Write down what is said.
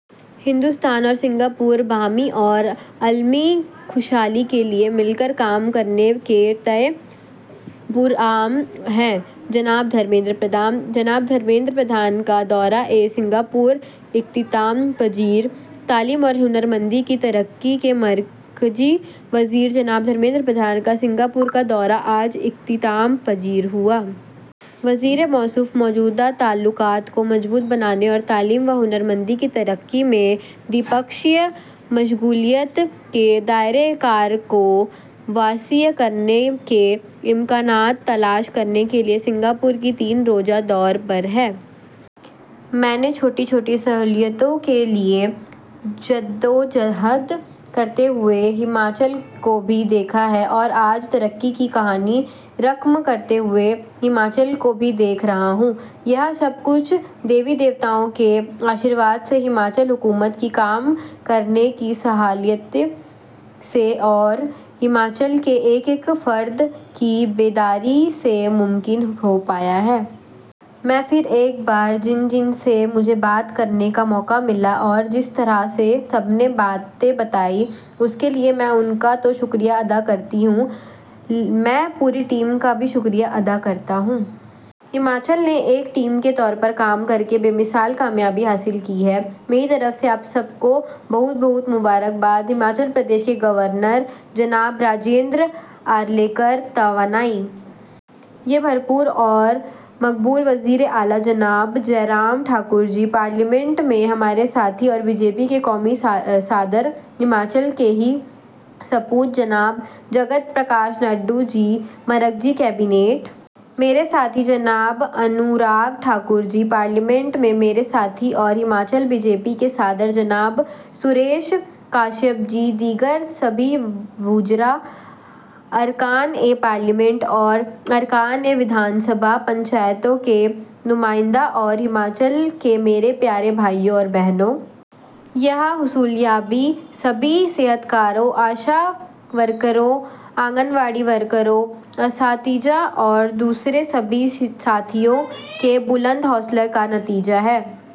ہندوستان اور سنگاپور باہمی اور عالمی خوشحالی کے لیے مل کر کام کرنے کے تئیں پرعزم ہیں: جناب دھرمیندر پردھان۔ جناب دھرمیندر پردھان کا دورۂ سنگاپور اختتام پذیر۔ تعلیم اور ہنرمندی کی ترقی کے مرکزی وزیر جناب دھرمیندر پردھان کا سنگاپور کا دورہ آج اختتام پذیر ہوا۔ وزیر موصوف موجودہ تعلقات کو مضبوط بنانے اور تعلیم و ہنرمندی کی ترقی میں دوطرفہ مشغولیت کے دائرۂ کار کو وسیع کرنے کے امکانات تلاش کرنے کے لیے سنگاپور کے تین روزہ دورے پر تھے۔ میں نے چھوٹی چھوٹی سہولتوں کے لیے جدوجہد کرتے ہوئے ہماچل کو بھی دیکھا ہے اور آج ترقی کی کہانی رقم کرتے ہوئے ہماچل کو بھی دیکھ رہا ہوں۔ یہ سب کچھ دیوی دیوتاؤں کے آشیرواد سے، ہماچل حکومت کی کام کرنے کی صلاحیت سے اور ہماچل کے ایک ایک فرد کی بیداری سے ممکن ہو پایا ہے۔ میں پھر ایک بار جن جن سے مجھے بات کرنے کا موقع ملا اور جس طرح سے سب نے باتیں بتائیں، اس کے لیے میں ان کا تو شکریہ ادا کرتا ہی ہوں، میں پوری ٹیم کا بھی شکریہ ادا کرتا ہوں۔ ہماچل نے ایک ٹیم کے طور پر کام کرکے بے مثال کامیابی حاصل کی ہے۔ میری طرف سے آپ سب کو بہت بہت مبارک باد۔ ہماچل پردیش کے گورنر جناب راجیندر آریلیکر، توانائی سے بھرپور اور مقبول وزیر اعلیٰ جناب جے رام ٹھاکر جی، پارلیمنٹ میں ہمارے ساتھی اور بی جے پی کے قومی صدر، ہماچل کے ہی سپوت جناب جگت پرکاش نڈا جی، مرکزی کابینہ میں میرے ساتھی جناب انوراگ ٹھاکر جی، پارلیمنٹ میں میرے ساتھی اور ہماچل بی جے پی کے صدر جناب سریش کشیپ جی، دیگر سبھی وزراء، اراکینِ پارلیمنٹ اور اراکینِ اسمبلی، پنچایتوں کے نمائندے اور ہماچل کے میرے پیارے بھائیو اور بہنو! یہ حصول یابی سبھی صحت کارکنوں، آشا کارکنوں، آنگن واڑی کارکنوں، اساتذہ اور دوسرے سبھی ساتھیوں کے بلند حوصلے کا نتیجہ ہے۔